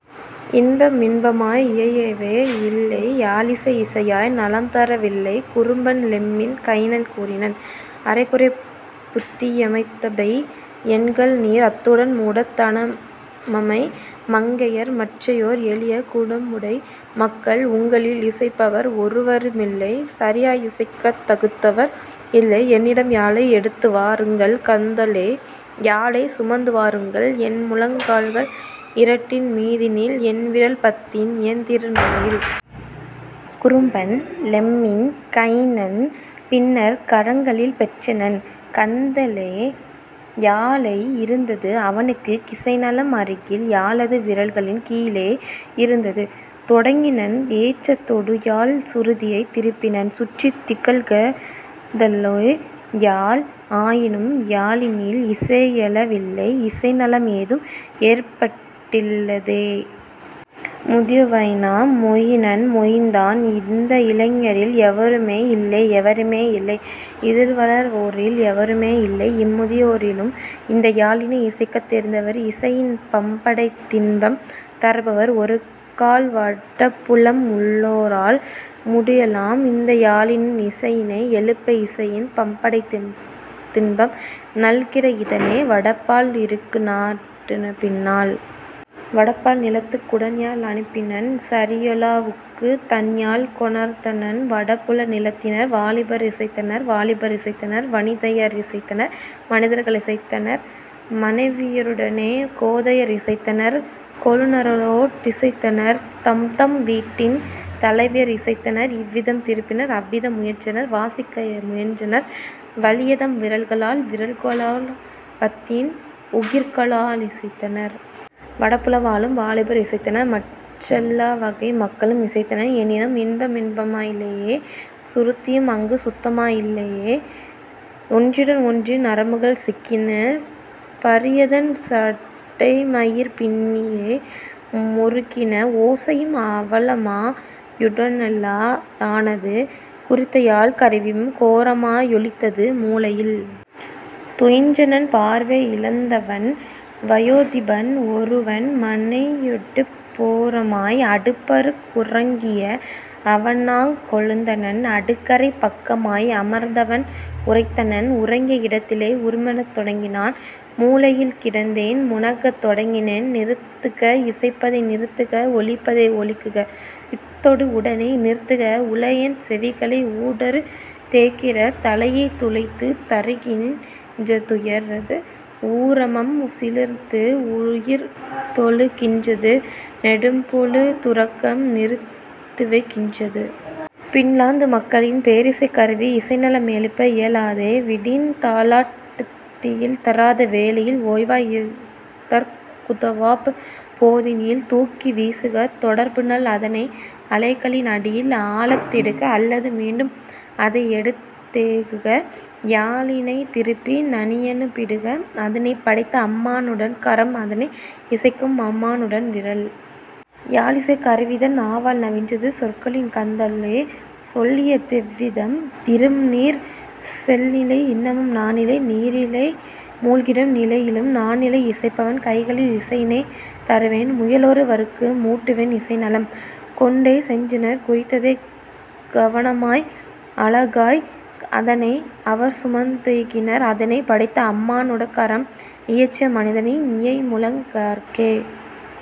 இன்பம் இன்பமாய் இயையவே யில்லை யாழிசை இசையாய் நலம்தர வில்லை. குறும்பன் லெம்மின் கைனன் கூறினன்: "அரைகுறைப் புத்தி யமைந்தபை யன்கள்நீர் அத்துடன் மூடத் தனமமை மங்கையர் மற்றயோர் எளிய குணமுடை மக்கள். உங்களில் இசைப்பவர் ஒருவரு மில்லை சரியாய் இசைக்கத் தகுந்தவர் இல்லை; என்னிடம் யாழை எடுத்துவா ருங்கள் கந்தலே யாழைச் சுமந்துவா ருங்கள் என்முழங் கால்கள் இரண்டின் மீதினில் என்விரல் பத்தின் இயைந்திரு நுனியில்! " குறும்பன் லெம்மின் கைனன் பின்னர் கரங்களில் பெற்றனன் கந்தலே யாழை இருந்தது அவனுக் கிசைநலம் அருகில் யாழது விரல்களின் கீழே இருந்தது; தொடங்கினன் ஏற்றத் தொடுயாழ்ச் சுருதியை திருப்பினன் சுற்றித் திகழ்கந் தலேயாழ் ஆயினும் யாழினில் இசையெழ வில்லை இசைநலம் எதுவும் ஏற்பட் டிலதே. முதிய வைனா மொயினன் மொழிந்தான்: "இந்த இளைஞரில் எவருமே இல்லை எவருமே இல்லை இதில்வளர் வோரில் எவருமே இல்லை இம்முதி யோரிலும் இந்த யாழினை இசைக்கத் தெரிந்தவர் இசையின் பம்படைத் தின்பம் தருபவர்; ஒருக்கால் வடபுலம் உளோரால் முடியலாம் இந்த யாழினில் இசையினை எழுப்ப இசையின் பம்படைத் தின்பம் நல்கிட இதனை வடபால் இருக்குநா டனுப்பினால்? " வடபால் நிலத்துக் குடன்யாழ் அனுப்பினன் சரியொலா வுக்குத் தன்யாழ் கொணர்ந்தனன் வடபுல நிலத்தினர் வாலிபர் இசைத்தனர் வாலிபர் இசைத்தனர் வனிதையர் இசைத்தனர் மனிதர்கள் இசைத்தனர் மனைவிய ருடனே கோதையர் இசைத்தனர் கொழுனரோ டிசைத்தனர் தம்தம் வீட்டின் தலைவியர் இசைத்தனர் இவ்விதம் திருப்பினர் அவ்விதம் முயன்றனர் வாசிக்க முயன்றனர் வலியதம் விரல்களால் விரல்களோர் பத்தின் உகிர்களா லிசைத்தனர். வடபுலம் வாழும் வாலிபர் இசைத்தனர் மற்றெல் லாவகை மக்களும் இசைத்தனர் எனினும் இன்பம் இன்பமா யிலையே சுருதியும் அங்கு சுத்தமா யிலையே: ஒன்றுடன் ஒன்று நரம்புகள் சிக்கின பரியதன் சடைமயிர் பின்னியே முறுகின ஓசையும் அவலமா யுடனெழ லானது குறித்தயாழ்க் கருவியும் கோரமா யொலித்தது. மூலையில் துயின்றனன் பார்வை யிழந்தவன் வயோதிபன் ஒருவன் மனையெடுப் போரமாய் அடுப்பரு குறங்கிய அவனாங் கெழுந்தனன் அடுக்களைப் பக்கமாய் அமர்ந்தவன் உரைத்தனன் உறங்கிய இடத்திலே உறுமத் தொடங்கினன் மூலையில் கிடந்தோன் முனகத் தொடங்கினன்: "நிறுத்துக இசைப்பதை நிறுத்துக ஒலிப்பதை, ஒழிக்குக, இத்தொடு உடனே நிறுத்துக, உளஎன் செவிகளை ஊடறுத் தேகிற தலையைத் துளைத்துத் தருகின் றதுதுயர் உரோமம் சிலிர்த்து உயர்ந்தெழு கின்றது நெடும்பொழு துறக்கம் நிறுத்திவைக் கின்றது. பின்லாந்து மக்களின் பேரிசைக் கருவி இசைநலம் எழுப்ப இயலாதே விடின் தாலாட் டித்துயில் தராத வேளையில் ஓய்வாய் இருத்தற் குதவாப் போதினில் தூக்கி வீசுக தொடர்புனல் அதனை அலைகளின் அடியில் ஆழத் திடுக அல்லது மீண்டும் அதையெடுத் தேகுக யாழினைத் திருப்பி நனியனுப் பிடுக அதனைப் படைத்த அம்மா னுடன்கரம் அதனை இசைக்கும் அம்மா னுடன்விரல். " யாழிசைக் கருவிதன் நாவால் நவின்றது சொற்களில் கந்தலே சொல்லிய திவ்விதம்: "இரும்நீர் செல்நிலை இன்னமும் நானிலை நீரலை மூழ்கிடும் நிலையிலும் நானிலை இசைப்பவன் கைகளில் இசையினைத் தருவேன் முயலொரு வற்கு மூட்டுவேன் இசைநலம். " கொண்டே சென்றனர் குறித்ததைக் கவனமாய் அழகாய் அதனை அவர்சுமந் தேகினர் அதனைப் படைத்த அம்மா னுடன்கரம் இயற்றிய மனிதனின் இயைமுழங் காற்கே.